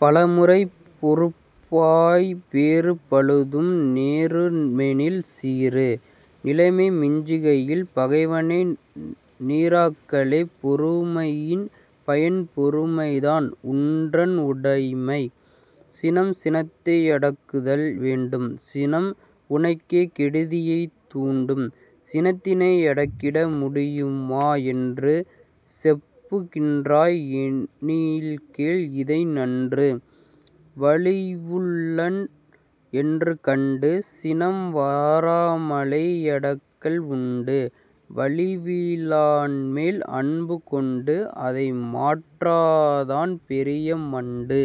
பலமுறை பொறுப்பாய் வேறு பழுதும் நேருமெனில் சீறு! நிலைமை மிஞ்சுகையில் பகைவனை நீறாக்கலே பொறுமையின் பயன் பொறுமைதான் உன்றன் உடைமை! சினம் சினத்தை யடக்குதல் வேண்டும் -- சினம் உனக்கே கெடுதியைத் தூண்டும்! சினத்தினை யடக்கிட முடியுமா என்று செப்புகின்றாய் எனில்கேள் இதை நன்று। வலிவுள்ளவன் என்று கண்டு -- சினம் வாராமலே யடக்கல் உண்டு; வலிவிலான்மேல் அன்பு கொண்டு -- அதை மாற்றாதான் பெரிய மண்டு!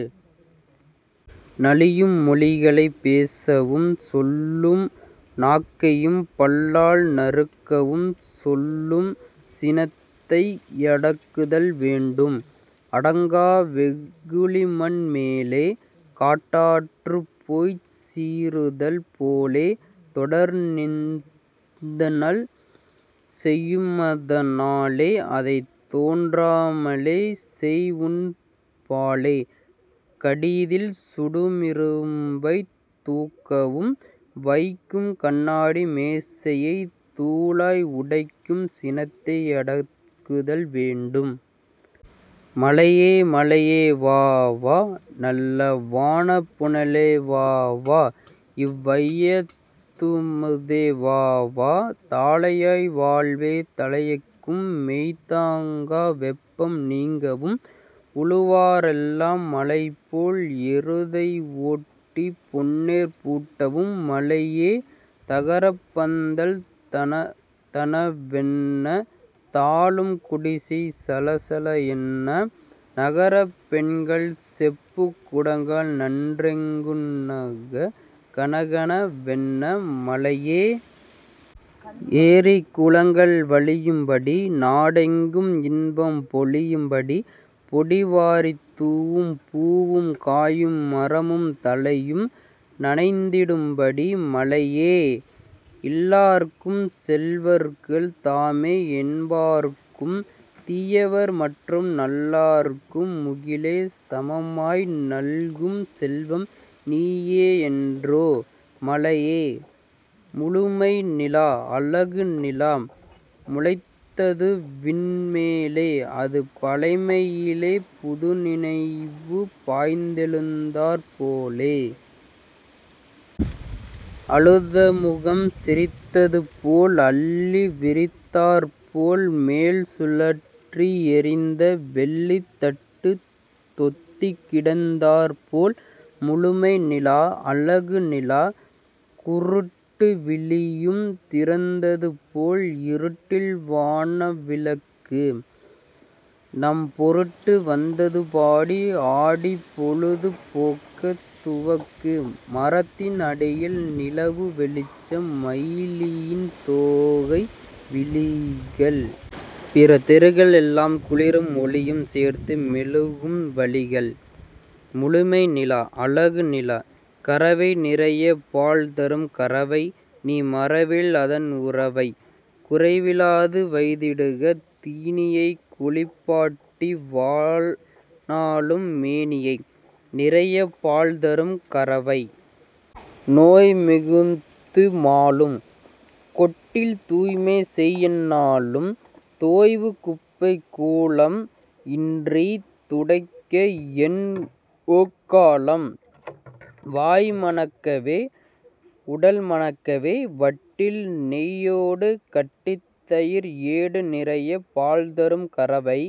நலியும் மொழிகளைப் பேசவும் சொல்லும் நாக்கையும் பல்லால் நறுக்கவும் சொல்லும் சினத்தை யடக்குதல் வேண்டும்! அடங்கா வெகுளிமண் மேலே -- காட் டாறுபோய்ச் சீறுதல் போலே, தொடர்ந்தின்னல் செய்யுமதனாலே -- அதைத் தோன்றாமலே செய்உன் பாலே! கடிதில் சுடுமிரும்பைத் தூக்கவும் வைக்கும் கண்ணாடி மேசையைத் தூளாய் உடைக்கும் சினத்தை யடக்குதல் வேண்டும்! மழையே மழையே வா வா -- நல்ல வானப்புனலே வா வா! --இவ் வையத்தமுதே வாவா! தழையா வாழ்வும் தழைக்கவும் -- மெய் தாங்கா வெப்பம் நீங்கவும் உழுவாரெல்லாம் மலைபோல் எருதை ஓட்டிப் பொன்னேர் பூட்டவும் மழையே... தகரப்பந்தல் தணதண வென்னத் தாழும் குடிசை சளசள என்ன நகரப்பெண்கள் செப்புக் குடங்கள் நன்றெங் குங்கண கணகண வென்ன மழையே... ஏரி குளங்கள் வழியும்படி, நா டெங்கும் இன்பம் பொழியும்படி, பொடி வாரித்தூவும் பூவும் காயும் மரமும் தழையும் நனைந்திடும்படி மழையே... இல்லாருக்கும், செல்வர்கள் தாமே என்பாருக்கும், தீயவர் மற்றும் நல்லாருக்கும் முகிலே சமமாய் நல்கும் செல்வம் நீயேயன்றோ? மழையே... முழுமை நிலா! அழகு நிலா! முளைத்ததுவிண் மேலே --அது பழைமையிலே புதுநினைவு பாய்ந்தெழுந்தாற் போலே! அழுதமுகம் சிரித்ததுபோல் அல்லி விரித்தாற் போல் -- மேல் சுழற்றி எறிந்த வெள்ளித்தட்டுத் தொத்திக்கிடந் தாற்போல் முழுமை நிலா! அழகு நிலா! குருட்டு விழியும் திறந்ததுபோல் இருட்டில் வான விளக்கு! -- நம் பொருட்டு வந்ததுபாடி ஆடிப் பொழுது போக்கத் துவக்கு! மரத்தின் அடியில் நிலவு வெளிச்சம் மயிலின் தோகை விழிகள்! -- பிற தெருக்கள் எல்லாம் குளிரும் ஒளியும் சேர்த்து மெழுகும் வழிகள்! முழுமை நிலா! அழகு நிலா! கறவை நிறையப் பால் தரும் கறவை -- நீ மறவேல் அதன் உறவை! குறைவிலாது வைத் திடுக தீனியைக் குளிப் பாட்டிவா நாளும் மேனியை! நிறையப் பால்தரும் கறவை! நோய் மிகுத்து மாளும்! -- கொட்டில் தூய்மை செய்எந் நாளும்! தோய்வு குப்பை கூளம் -- இன்றித் துடைக்க என் ஓக்காளம்? வாய் மணக்கவே, உடல் மணக்கவே வட்டில் நெய்யோடு கட்டித்தயிர் ஏடு நிறையப் பால்தரும் கறவை!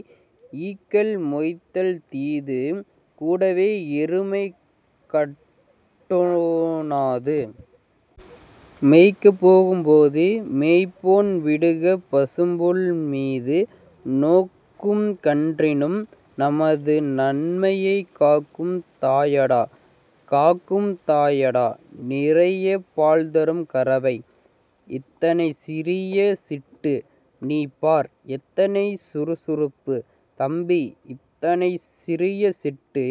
ஈக்கள் மொய்த்தல் தீது! -- கூடவே எருமை கட்டொ ணாது! மேய்க்கப் போகும் போது -- மேய்ப்போன் விடுக பசும்புல் மீது! நோக்கும் கன்றினும், நமது நன்மையைக் காக்கும் தாயடா! காக்கும் தாயடா! நிறையப் பால்தரும் கறவை! இத்தனைச் சிறிய சிட்டு! -- நீபார்! எத்தனை சுறுசுறுப்பு! -- தம்பி இத்தனைச் சிறிய சிட்டு!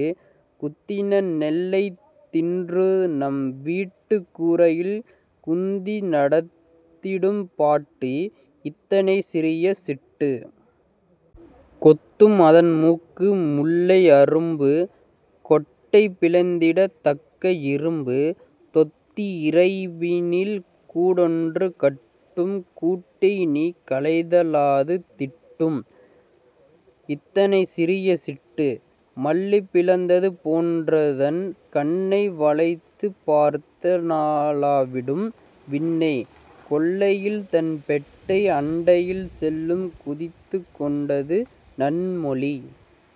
குத்தின நெல்லைத் தின்றுநம் வீட்டுக் கூரையில் குந்தி நடத்திடும் பாட்டு இத்தனைச் சிறிய சிட்டு! கொத்தும் அதன்மூக்கு முல்லை அரும்பு கொட்டை பிளந்திடத் தக்க இரும்பு! தொத்தி இறைப்பினில் கூடொன்று கட்டும் கூட்டை நீ கலைத் தாலது திட்டும்! இத்தனைச் சிறிய சிட்டு! மல்லி பிளந்தது போன்றதன் கண்ணை வளைத்துப் பார்த்த ளாவிடும் விண்ணை! கொல்லையில் தன் பெட்டை அண்டையில் செல்லும் குதித்துக் கொண்டது நன்மொழி